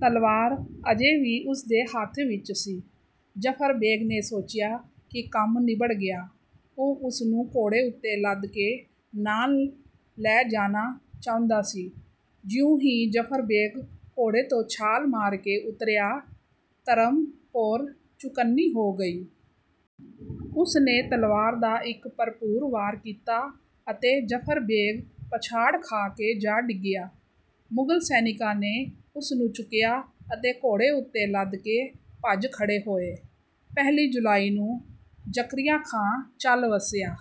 ਤਲਵਾਰ ਅਜੇ ਵੀ ਉਸਦੇ ਹੱਥ ਵਿੱਚ ਸੀ। ਜ਼ਫ਼ਰ ਬੇਗ਼ ਨੇ ਸੋਚਿਆ ਕਿ ਕੰਮ ਨਿਬੜ ਗਿਆ। ਉਹ ਉਸਨੂੰ ਘੋੜੇ ਉੱਤੇ ਲੱਦ ਕੇ ਨਾਲ ਲੈ ਜਾਣਾ ਚਾਹੁੰਦਾ ਸੀ। ਜਿਉਂ ਹੀ ਜ਼ਫ਼ਰ ਬੇਗ਼ ਘੋੜੇ ਤੋਂ ਛਾਲ ਮਾਰ ਕੇ ਉਤਰਿਆ, ਧਰਮ ਕੌਰ ਚੁਕੰਨੀ ਹੋ ਗਈ। ਉਸਨੇ ਤਲਵਾਰ ਦਾ ਇੱਕ ਭਰਪੂਰ ਵਾਰ ਕੀਤਾ ਅਤੇ ਜ਼ਫ਼ਰ ਬੇਗ਼ ਪਛਾੜ ਖਾ ਕੇ ਜਾ ਡਿੱਗਿਆ। ਮੁਗਲ ਸੈਨਿਕਾਂ ਨੇ ਉਸਨੂੰ ਚੁੱਕਿਆ ਅਤੇ ਘੋੜੇ ਉੱਤੇ ਲੱਦ ਕੇ ਭੱਜ ਖੜ੍ਹੇ ਹੋਏ। ਪਹਿਲੀ ਜੁਲਾਈ ਨੂੰ ਜ਼ਕਰੀਆ ਖਾਂ ਚੱਲ ਵੱਸਿਆ।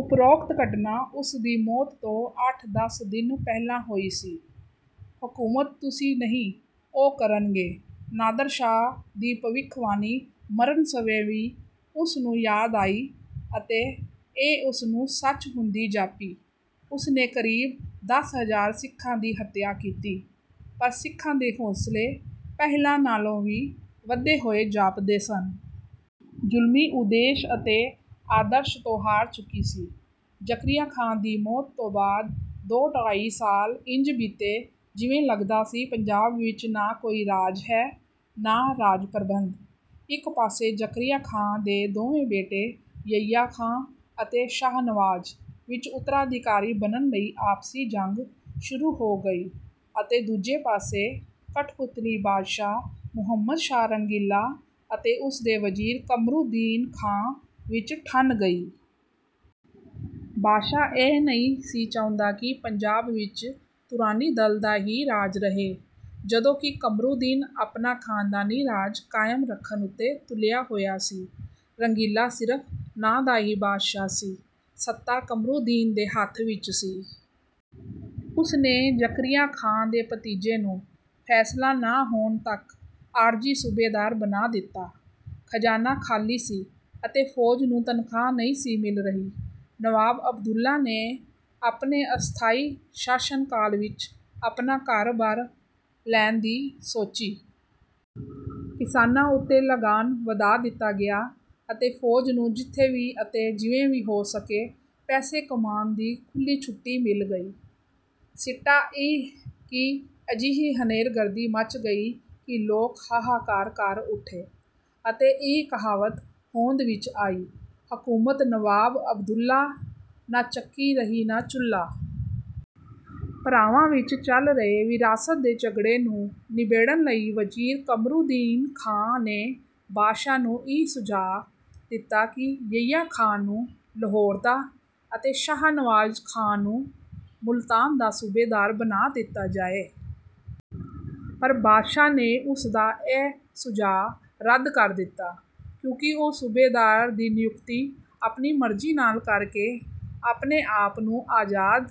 ਉਪਰੋਕਤ ਘਟਨਾ ਉਸਦੀ ਮੌਤ ਤੋਂ ਅੱਠ-ਦਸ ਦਿਨ ਪਹਿਲਾਂ ਹੋਈ ਸੀ। "ਹਕੂਮਤ ਤੁਸੀਂ ਨਹੀਂ, ਉਹ ਕਰਨਗੇ।" ਨਾਦਰ ਸ਼ਾਹ ਦੀ ਭਵਿੱਖਬਾਣੀ ਮਰਨ ਸਮੇਂ ਵੀ ਉਸਨੂੰ ਯਾਦ ਆਈ ਅਤੇ ਇਹ ਉਸਨੂੰ ਸੱਚ ਹੁੰਦੀ ਜਾਪੀ। ਉਸਨੇ ਕਰੀਬ ਦਸ ਹਜ਼ਾਰ ਸਿੱਖਾਂ ਦੀ ਹੱਤਿਆ ਕੀਤੀ, ਪਰ ਸਿੱਖਾਂ ਦੇ ਹੌਂਸਲੇ ਪਹਿਲਾਂ ਨਾਲੋਂ ਵੀ ਵਧੇ ਹੋਏ ਜਾਪਦੇ ਸਨ। ਜੁਲਮੀ ਉਦੇਸ਼ ਅਤੇ ਆਦਰਸ਼ ਤੋਂ ਹਾਰ ਚੁੱਕੀ ਸੀ। ਜ਼ਕਰੀਆ ਖਾਂ ਦੀ ਮੌਤ ਤੋਂ ਬਾਅਦ ਦੋ-ਢਾਈ ਸਾਲ ਇੰਜ ਬੀਤੇ ਜਿਵੇਂ ਲੱਗਦਾ ਸੀ ਪੰਜਾਬ ਵਿੱਚ ਨਾ ਕੋਈ ਰਾਜ ਹੈ ਨਾ ਰਾਜ-ਪ੍ਰਬੰਧ। ਇੱਕ ਪਾਸੇ ਜ਼ਕਰੀਆ ਖਾਂ ਦੇ ਦੋਵੇਂ ਬੇਟੇ ਯਹੀਆ ਖਾਂ ਅਤੇ ਸ਼ਾਹ ਨਵਾਜ਼ ਵਿੱਚ ਉੱਤਰਾਧਿਕਾਰੀ ਬਣਨ ਲਈ ਆਪਸੀ ਜੰਗ ਸ਼ੁਰੂ ਹੋ ਗਈ ਅਤੇ ਦੂਜੇ ਪਾਸੇ ਕਠਪੁਤਲੀ ਬਾਦਸ਼ਾਹ ਮੁਹੰਮਦ ਸ਼ਾਹ ਰੰਗੀਲਾ ਅਤੇ ਉਸਦੇ ਵਜ਼ੀਰ ਕਮਰੂਦੀਨ ਖਾਂ ਵਿੱਚ ਠਣ ਗਈ। ਬਾਦਸ਼ਾਹ ਇਹ ਨਹੀਂ ਸੀ ਚਾਹੁੰਦਾ ਕਿ ਪੰਜਾਬ ਵਿੱਚ ਤੁਰਾਨੀ-ਦਲ ਦਾ ਹੀ ਰਾਜ ਰਹੇ, ਜਦੋਂ ਕਿ ਕਮਰੂਦੀਨ ਆਪਣਾ ਖਾਨਦਾਨੀ ਰਾਜ ਕਾਇਮ ਰੱਖਣ ਉੱਤੇ ਤੁਲਿਆ ਹੋਇਆ ਸੀ। ਰੰਗੀਲਾ ਸਿਰਫ਼ ਨਾਂ ਦਾ ਹੀ ਬਾਦਸ਼ਾਹ ਸੀ। ਸੱਤਾ ਕਮਰੂਦੀਨ ਦੇ ਹੱਥ ਵਿੱਚ ਸੀ। ਉਸਨੇ ਜ਼ਕਰੀਆ ਖਾਂ ਦੇ ਭਤੀਜੇ ਨੂੰ ਫੈਸਲਾ ਨਾ ਹੋਣ ਤੱਕ ਆਰਜ਼ੀ ਸੂਬੇਦਾਰ ਬਣਾ ਦਿੱਤਾ। ਖਜ਼ਾਨਾ ਖਾਲੀ ਸੀ ਅਤੇ ਫੌਜ ਨੂੰ ਤਨਖਾਹ ਨਹੀਂ ਸੀ ਮਿਲ ਰਹੀ। ਨਵਾਬ ਅਬਦੁੱਲਾ ਨੇ ਆਪਣੇ ਅਸਥਾਈ ਸ਼ਾਸਨ ਕਾਲ ਵਿੱਚ ਆਪਣਾ ਘਰ ਭਰ ਲੈਣ ਦੀ ਸੋਚੀ। ਕਿਸਾਨਾਂ ਉੱਤੇ ਲਗਾਨ ਵਧਾ ਦਿੱਤਾ ਗਿਆ ਅਤੇ ਫੌਜ ਨੂੰ ਜਿੱਥੋਂ ਵੀ ਅਤੇ ਜਿਵੇਂ ਵੀ ਹੋ ਸਕੇ ਪੈਸੇ ਕਮਾਉਣ ਦੀ ਖੁੱਲ੍ਹੀ ਛੁੱਟੀ ਮਿਲ ਗਈ। ਸਿੱਟਾ ਇਹ ਕਿ ਅਜਿਹੀ ਹਨੇਰਗਰਦੀ ਮੱਚ ਗਈ ਕਿ ਲੋਕ ਹਾਹਾਕਾਰ ਕਰ ਉੱਠੇ ਅਤੇ ਇਹ ਕਹਾਵਤ ਹੋਂਦ ਵਿੱਚ ਆਈ, "ਹਕੂਮਤ ਨਵਾਬ ਅਬਦੁੱਲਾ, ਨਾ ਚੱਕੀ ਰਹੀ ਨਾ ਚੁੱਲ੍ਹਾ।" ਭਰਾਵਾਂ ਵਿੱਚ ਚੱਲ ਰਹੇ ਵਿਰਾਸਤ ਦੇ ਝਗੜੇ ਨੂੰ ਨਿਬੇੜਨ ਲਈ ਵਜ਼ੀਰ ਕਮਰੂਦੀਨ ਖਾਂ ਨੇ ਬਾਦਸ਼ਾਹ ਨੂੰ ਇਹ ਸੁਝਾਅ ਦਿੱਤਾ ਕਿ ਯਹੀਆ ਖਾਂ ਨੂੰ ਲਾਹੌਰ ਦਾ ਅਤੇ ਸ਼ਾਹ ਨਵਾਜ਼ ਖਾਂ ਨੂੰ ਮੁਲਤਾਨ ਦਾ ਸੂਬੇਦਾਰ ਬਣਾ ਦਿੱਤਾ ਜਾਏ। ਪਰ ਬਾਦਸ਼ਾਹ ਨੇ ਉਸਦਾ ਇਹ ਸੁਝਾਅ ਰੱਦ ਕਰ ਦਿੱਤਾ, ਕਿਉਂਕਿ ਉਹ ਸੂਬੇਦਾਰ ਦੀ ਨਿਯੁਕਤੀ ਆਪਣੀ ਮਰਜ਼ੀ ਨਾਲ ਕਰਕੇ ਆਪਣੇ ਆਪ ਨੂੰ ਆਜ਼ਾਦ